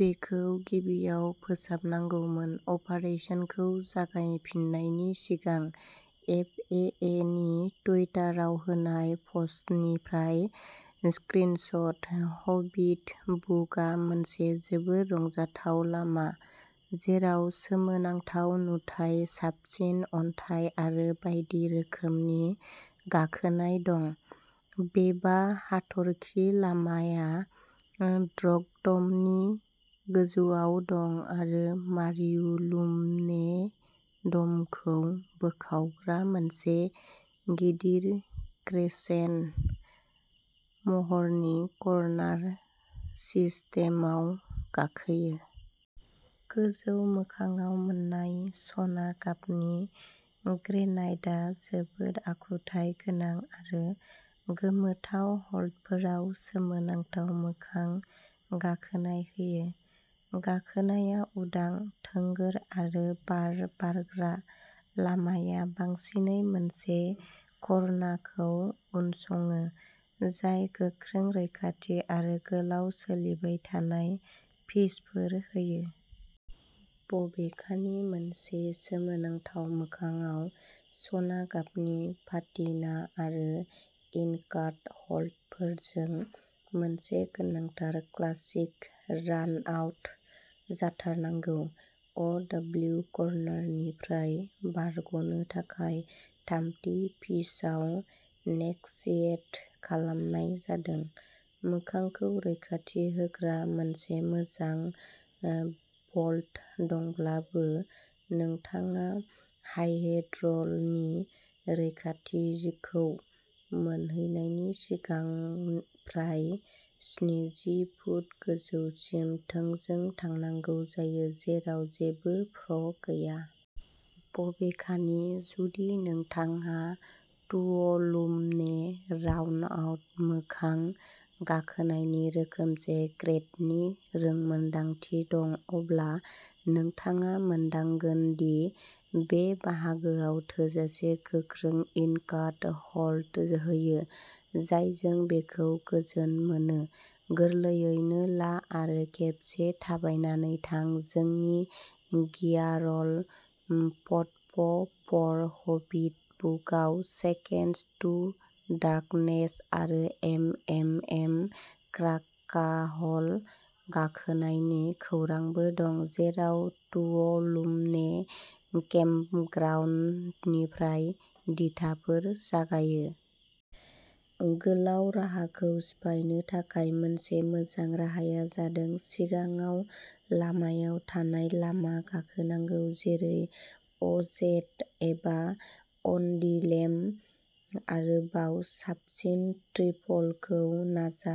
बेखौ गिबियाव फोसाबनांगौमोन अपारेशनखौ जागायफिन्नायनि सिगां। एफ ए ए नि टुइटारआव होनाय पस्टनिफ्राय स्क्रिनशट। हबिट बुकआ मोनसे जोबोद रंजाथाव लामा, जेराव सोमोनांथाव नुथाय, साबसिन अन्थाइ आरो बायदि रोखोमनि गाखोनाय दं। बे बा हाथरखि लामाआ ड्रग ड'मनि गोजौआव दं आरो मारियुलुम्ने ड'मखौ बोखावग्रा मोनसे गिदिर क्रेसेन्ट महरनि कर्नार सिस्टेमआव गाखोयो। गोजौ मोखांआव मोन्नाय सना गाबनि ग्रेनाइटआ जोबोद आखुथाय गोनां आरो गोमोथाव होल्डफोराव सोमोनांथाव मोखां गाखोनाय होयो। गाखोनाया उदां, थोंगोर आरो बार बारग्रा। लामाआ बांसिनै मोनसे ख'रनाखौ उनसङो जाय गोख्रों रैखाथि आरो गोलाव सोलिबाय थानाय पिचफोर होयो। बबेखानि मोनसे सोमोनांथाव मोखांआव सना गाबनि पाटिना आरो इनकाट होल्डफोरजों मोनसे गोनांथार क्लासिक रानआउट जाथारनांगौ। अ डब्लिउ कर्नारनिफ्राय बारग'नो थाखाय थामथि पिचआव नेग'सियेट खालामनाय जादों। मोखांखौ रैखाथि होग्रा मोनसे मोजां ओ बल्ट दंब्लाबो नोंथाङा डाइहेड्रलनि रैखाथिखौ मोनहैनायनि सिगां फ्राय स्निजि फुट गोजौसिम थोंजों थांनांगौ जायो, जेराव जेबो प्र' गैया। बबेखानि, जुदि नोंथांहा तुअलुम्ने रानआउट मोखां गाखोनायनि रोखोमसे ग्रेडनि रोंमोन्दांथि दं अब्ला नोंथाङा मोनदांगोन दि बे बाहागोआ थोजासे गोख्रों इनकाट होल्ड होयो, जायजों बेखौ गोजोन मोनो। गोरलैयैनो ला आरो खेबसे थाबायनानै थां जोंनि गियारल' पटप' फर हबिट बुकआव सेकेन्डस टु डार्कनेस आरो एमएमएम क्राकाह'ल गाखोनायनि खौरांबो दं, जेराव तुअलुम्ने केम्पग्राउन्डनिफ्राय दिथाफोर जागायो। गोलाव राहाखौ सिफायनो थाखाय मोनसे मोजां राहाया जादों सिगाङाव लामायाव थानाय लामा गाखोनांगौ, जेरै अ जेड एबा अन दि लेम्ब। आरोबाव साबसिन ट्रिपलखौ नाजा।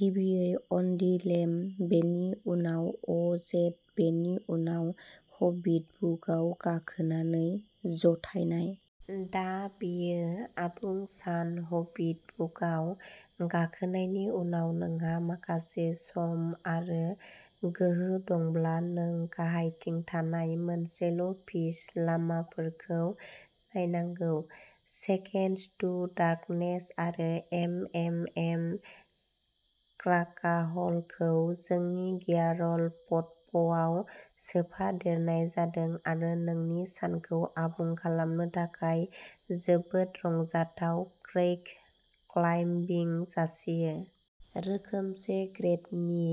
गिबियै अन दि लेम्ब, बेनि उनाव अ जेड बेनि उनाव हबिट बुकआव गाखोनानै जथायनाय। दा बेयो आबुं सान हबिट बुकआव गाखोनायनि उनाव नोंहा माखासे सम आरो गोहो दंब्ला, नों गाहायथिं थानाय मोनसेल' पिच लामाफोरखौ नायनांगौ। सेकेन्डस टु डार्कनेस आरो एमएमएम क्राकाह'ल खौ जोंनि गियारल'पटप'आव सोफादेरनाय जादों, आरो नोंनि सानखौ आबुं खालामनो थाखाय जोबोद रंजाथाव क्रैक क्लाइम्बिं जासियो। रोखोमसे ग्रेडनि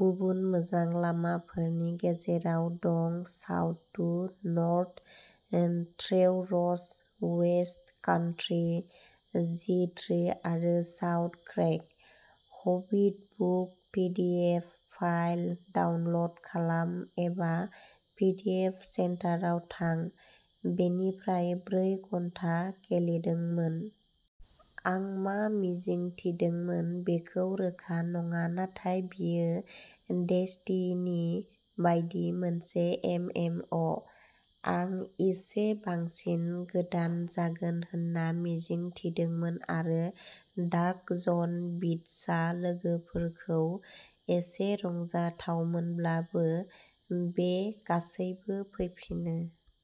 गुबुन मोजां लामाफोरनि गेजेराव दं south to north traverse, west country, G tree आरो south crack. Hobbit book PDF file download खालाम एबा पिडिएफ सेन्टाराव थां। बेनि फ्राय ब्रै घन्टा गेलेदोंमोन। आं मा मिजिं थिदोंमोन बेखौ रोखा नङा नाथाय बेयो डेस्टिनि बायदि मोनसे एमएमअ'। आं इसे बांसिन गोदान जागोन होनना मिजिं थिदोंमोन आरो डार्क जन बिटसा लोगोफोरजों एसे रंजाथावमोनब्लाबो, बे गासैबो फैफिनो।